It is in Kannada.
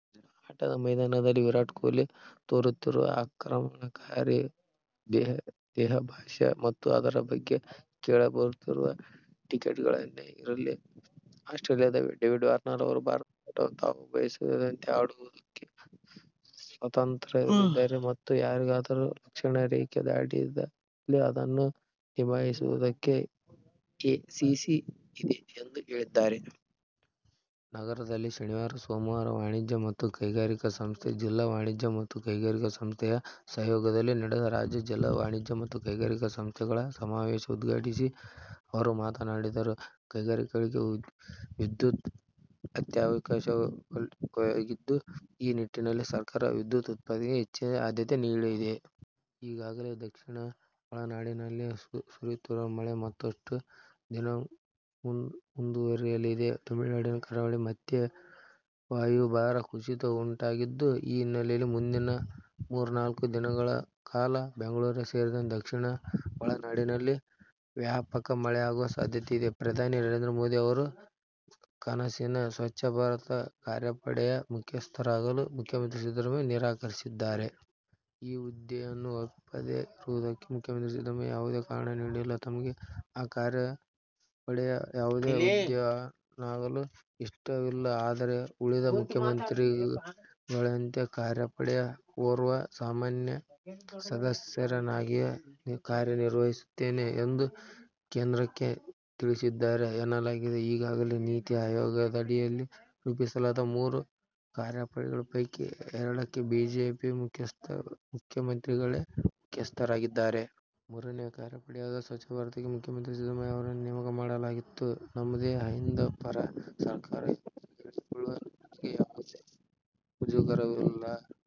ಆಟದ ಮೈದಾನದಲ್ಲಿ ವಿರಾಟ್ ಕೊಹ್ಲಿ ತೋರುತ್ತಿರುವ ಆಕ್ರಮಣಕಾರಿ ದೇಹಭಾಷೆ ಮತ್ತು ಅದರ ಬಗ್ಗೆ ಕೇಳಿಬರುತ್ತಿರುವ ಟೀಕೆಗಳೇನೇ ಇರಲಿ, ಆಸ್ಟ್ರೇಲಿಯದ ಡೇವಿಡ್ ವಾರ್ನರ್ ಅವರು ಭಾರತದ ಆಟಗಾರ ತಾವು ಬಯಸಿದಂತೆ ಆಡುವುದಕ್ಕೆ ಸ್ವತಂತ್ರರಿದ್ದಾರೆ ಮತ್ತು ಯಾರಾದರೂ ಲಕ್ಷ್ಮಣ ರೇಖೆ ದಾಟಿದಲ್ಲಿ ಅದನ್ನು ನಿಭಾಯಿಸುವುದಕ್ಕೆ ಐಸಿಸಿ ಇದೆ ಎಂದು ಹೇಳಿದ್ದಾರೆ. ನಗರದಲ್ಲಿ ಶನಿವಾರ ಮೈಸೂರು ವಾಣಿಜ್ಯ ಮತ್ತು ಕೈಗಾರಿಕಾ ಸಂಸ್ಥೆ, ಜಿಲ್ಲಾ ವಾಣಿಜ್ಯ ಮತ್ತು ಕೈಗಾರಿಕಾ ಸಂಸ್ಥೆಯ ಸಹಯೋಗದಲ್ಲಿ ನಡೆದ ರಾಜ್ಯ ಜಿಲ್ಲಾ ವಾಣಿಜ್ಯ ಮತ್ತು ಕೈಗಾರಿಕಾ ಸಂಸ್ಥೆಗಳ ಸಮಾವೇಶ ಉದ್ಘಾಟಿಸಿ ಅವರು ಮಾತನಾಡಿದರು. ಕೈಗಾರಿಕೆಗಳಿಗೆ ವಿದ್ಯುತ್ ಅತ್ಯಾವಶ್ಯಕವಾಗಿದ್ದು, ಈ ನಿಟ್ಟಿನಲ್ಲಿ ಸರ್ಕಾರ ವಿದ್ಯುತ್ ಉತ್ಪಾದನೆಗೆ ಹೆಚ್ಚಿನ ಆದ್ಯತೆ ನೀಡಿದೆ. ಈಗಾಗಲೇ ದಕ್ಷಿಣ ಒಳನಾಡಿನಲ್ಲಿ ಸುರಿಯುತ್ತಿರುವ ಮಳೆ ಮತ್ತಷ್ಟು ದಿನಮುಂದುವರಿಯಲಿದೆ. ತಮಿಳುನಾಡಿನ ಕರಾವಳಿಯಲ್ಲಿ ಮತ್ತೆ ವಾಯುಭಾರ ಕುಸಿತ ಉಂಟಾಗಿದ್ದು, ಈ ಹಿನ್ನೆಲೆಯಲ್ಲಿ ಮುಂದಿನ ಮೂರ್ನಾಲ್ಕು ದಿನಗಳ ಕಾಲ ಬೆಂಗಳೂರು ಸೇರಿದಂತೆ ದಕ್ಷಿಣ ಒಳನಾಡಿನಲ್ಲಿ ವ್ಯಾಪಕ ಮಳೆಯಾಗುವ ಸಾಧ್ಯತೆ ಇದೆ. ಪ್ರಧಾನಿ ನರೇಂದ್ರ ಮೋದಿ ಅವರ ಕನಸಿನ 'ಸ್ವಚ್ಛ ಭಾರತ ಕಾರ್ಯಪಡೆ'ಯ ಮುಖ್ಯಸ್ಥರಾಗಲು ಮುಖ್ಯಮಂತ್ರಿ ಸಿದ್ದರಾಮಯ್ಯ ನಿರಾಕರಿಸಿದ್ದಾರೆ. ಈಹುದ್ದೆಯನ್ನು ಒಪ್ಪದೇ ಇರುವುದಕ್ಕೆ ಮುಖ್ಯಮಂತ್ರಿ ಸಿದ್ದರಾಮಯ್ಯ ಯಾವುದೇ ಕಾರಣ ನೀಡಿಲ್ಲ. ತಮಗೆ ಆ ಕಾರ್ಯಪಡೆಯ ಯಾವುದೇ ಹುದ್ದೆಯಲ್ಲಿರಲು ಇಷ್ಟವಿಲ್ಲ. ಆದರೆ, ಉಳಿದ ಮುಖ್ಯಮಂತ್ರಿಗಳಂತೆ ಕಾರ್ಯಪಡೆಯ ಓರ್ವ ಸಾಮಾನ್ಯ ಸದಸ್ಯನಾಗಿಯೇ ಕಾರ್ಯನಿರ್ವಹಿಸುತ್ತೇನೆ ಎಂದು ಕೇಂದ್ರಕ್ಕೆ ತಿಳಿಸಿದ್ದಾರೆ ಎನ್ನಲಾಗಿದೆ. ಈಗಾಗಲೇ ನೀತಿ ಆಯೋಗದಡಿ ರೂಪಿಸಲಾದ ಮೂರು ಕಾರ್ಯಪಡೆಗಳ ಪೈಕಿ ಎರಡಕ್ಕೆ ಬಿಜೆಪಿಯೇತರಮುಖ್ಯಮಂತ್ರಿಗಳೇ ಮುಖ್ಯಸ್ಥರಾಗಿದ್ದಾರೆ. ಮೂರನೇ ಕಾರ್ಯಪಡೆಯಾದ ಸ್ವತ್ಛ ಭಾರತಕ್ಕೆ ಮುಖ್ಯಮಂತ್ರಿ ಸಿದ್ದರಾಮಯ್ಯ ಅವರನ್ನು ನೇಮಕ ಮಾಡಲಾಗಿತ್ತು. "ನಮ್ಮದು ಅಹಿಂದ ಪರ ಸರ್ಕಾರ ಎಂದು ಹೇಳಿಕೊಳ್ಳಲು ನನಗೆ ಯಾವುದೇ ಮುಜುಗರವಿಲ್ಲ.